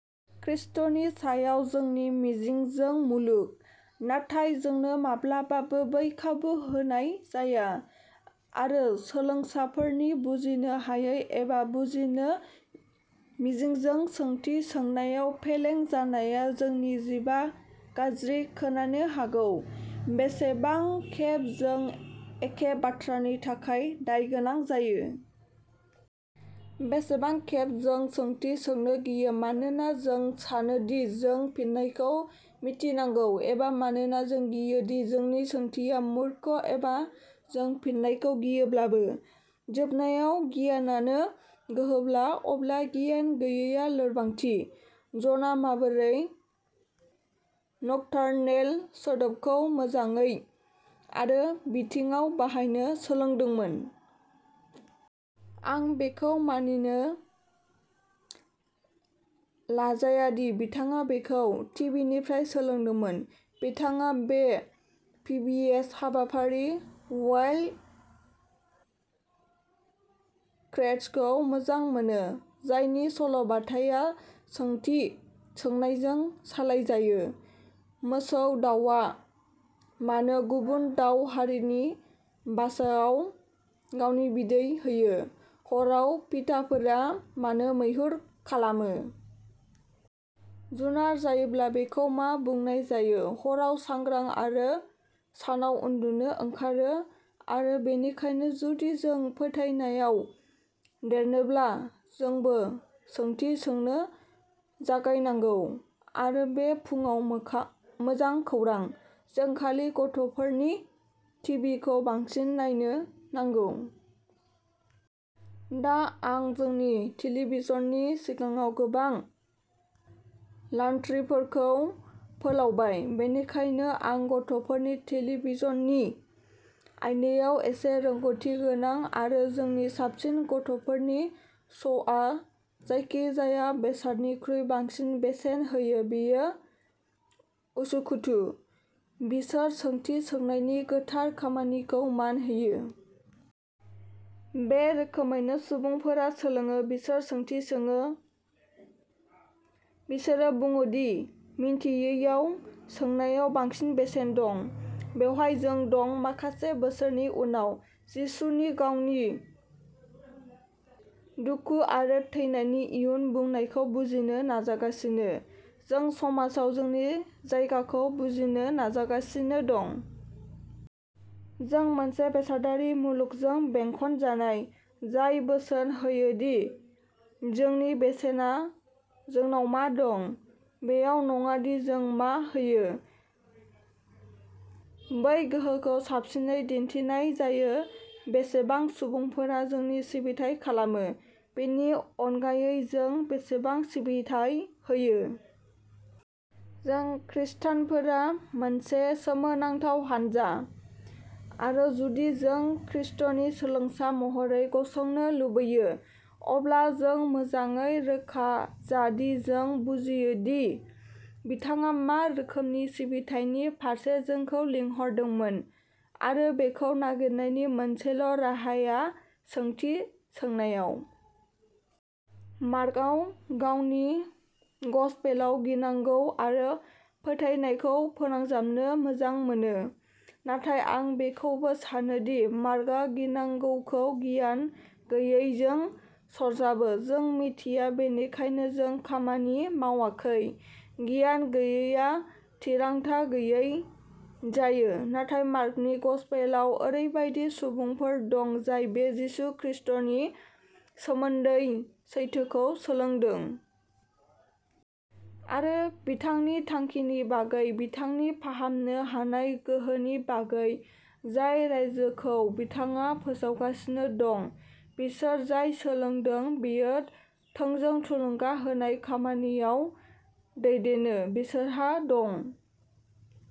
ख्रीष्टनि सायाव जोंनि मिजिंजों मुलुग। नाथाय जोंनो माब्लाबाबो बै खाबु होनाय जाया। आरो सोलोंसाफोरनि बुजिनो हायै एबा बुजिनो मिजिंजों सोंथि सोंनायाव फेलें जानाया जोंनो जिबा गाज्रि खोनानो हागौ, बेसेबां खेब जों एखे बाथ्रानि थाखाय दायगोनां जायो? बेसेबां खेब जों सोंथि सोंनो गियो मानोना जों सानो दि जों फिननायखौ मिथिनांगौ, एबा मानोना जों गियो दि जोंनि सोंथिया मूर्ख, एबा जों फिननायखौ गियोब्लाबो? जोबनायाव, गियानानो गोहोब्ला, अब्ला गियान गैयैआ लोरबांथि। जनआ माबोरै "नक्टार्नेल" सोदोबखौ मोजाङै आरो बिथिङाव बाहायनो सोलोंदोंमोन? आं बेखौ मानिनो लाजाया दि बिथाङा बेखौ टिभिनिफ्राय सोलोंदोंमोन। बिथाङा बे पिबिएस हाबाफारि वाइल्ड क्रेट्सखौ मोजां मोनो, जायनि सल'बाथाया सोंथि सोंनायजों सालायजायो। मोसौ दाउआ मानो गुबुन दाउ हारिनि बासाआव गावनि बिदै होयो? हराव फिटाफोरा मानो मैहुर खालामो? जुनार जायोब्ला बेखौ मा बुंनाय जायो? हराव सांग्रां आरो सानाव उन्दुनो ओंखारो? आरो बेनिखायनो, जुदि जों फोथायनायाव देरनोब्ला, जोंबो सोंथि सोंनो जागायनांगौ। आरो बे फुंआव मोखा मोजां खौरांः जों खालि गथ'फोरनि टिभिखौ बांसिन नायनो नांगौ। दा, आं जोंनि टेलिभिजननि सिगाङाव गोबां लान्ड्रिफोरखौ फोलावबाय, बेनिखायनो आं गथ'फोरनि टेलिभिजननि आयदायाव एसे रोंग'थिगोनां, आरो जोंनि साबसिन गथ'फोरनि श'आ जायखि-जाया बेसादनिख्रुइ बांसिन बेसेन होयो बेयो उसुखुथु। बिसोर सोंथि सोंनायनि गोथार खामानिखौ मान होयो। बे रोखोमैनो सुबुंफोरा सोलोङोः बिसोर सोंथि सोङो। बिसोरो बुङो दि मिन्थियैयाव सोंनायाव बांसिन बेसेन दं। बेवहाय जों दं, माखासे बोसोरनि उनाव। जिसुनि गावनि दुखु आरो थैनायनि इयुन बुंनायखौ बुजिनो नाजागासिनो। जों समाजाव जोंनि जायगाखौ बुजिनो नाजागासिनो दं। जों मोनसे बेसादारि मुलुगजों बेंखनजानाय। जाय बोसोन होयो दि जोंनि बेसेना जोंनाव मा दं, बेयाव नङा दि जों मा होयो। बै गोहोखौ साबसिनै दिन्थिनाय जायो बेसेबां सुबुंफोरा जोंनि सिबिथाइ खालामो, बेनि अनगायै जों बेसेबां सिबिथाइ होयो। जों खृष्टानफोरा मोनसे सोमोनांथाव हान्जा, आरो जुदि जों खृष्टनि सोलोंसा महरै गसंनो लुबैयो, अब्ला जों मोजाङै रोखा जा दि जों बुजियोदि बिथाङा मा रोखोमनि सिबिथायनि फारसे जोंखौ लिंहरदोंमोन। आरो बेखौ नागिरनायनि मोनसेल'राहाया सोंथि सोंनायाव। मार्कआ गावनि गसपेलाव गिनांगौ आरो फोथायनायखौ फोनांजाबनो मोजां मोनो। नाथाय आं बेखौबो सानो दि मार्कआ गिनांगौखौ गियान गैयैजों सरजाबो। जों मिथिया, बेनिखायनो जों खामानि मावाखै। गियान गैयैआ थिरांथा गैयै जायो। नाथाय, मार्कनि गसपेलाव ओरैबायदि सुबुंफोर दं जाय बे जिसु खृष्टनि सोमोन्दै सैथोखौ सोलोंदों। आरो बिथांनि थांखिनि बागै, बिथांनि फाहामनो हानाय गोहोनि बागै, जाय रायजोखौ बिथाङा फोसावगासिनो दं, बिसोर जाय सोलोंदों, बेयो थोंजों थुलुंगा होनाय खामानियाव दैदेनो। बिसोरहा दं।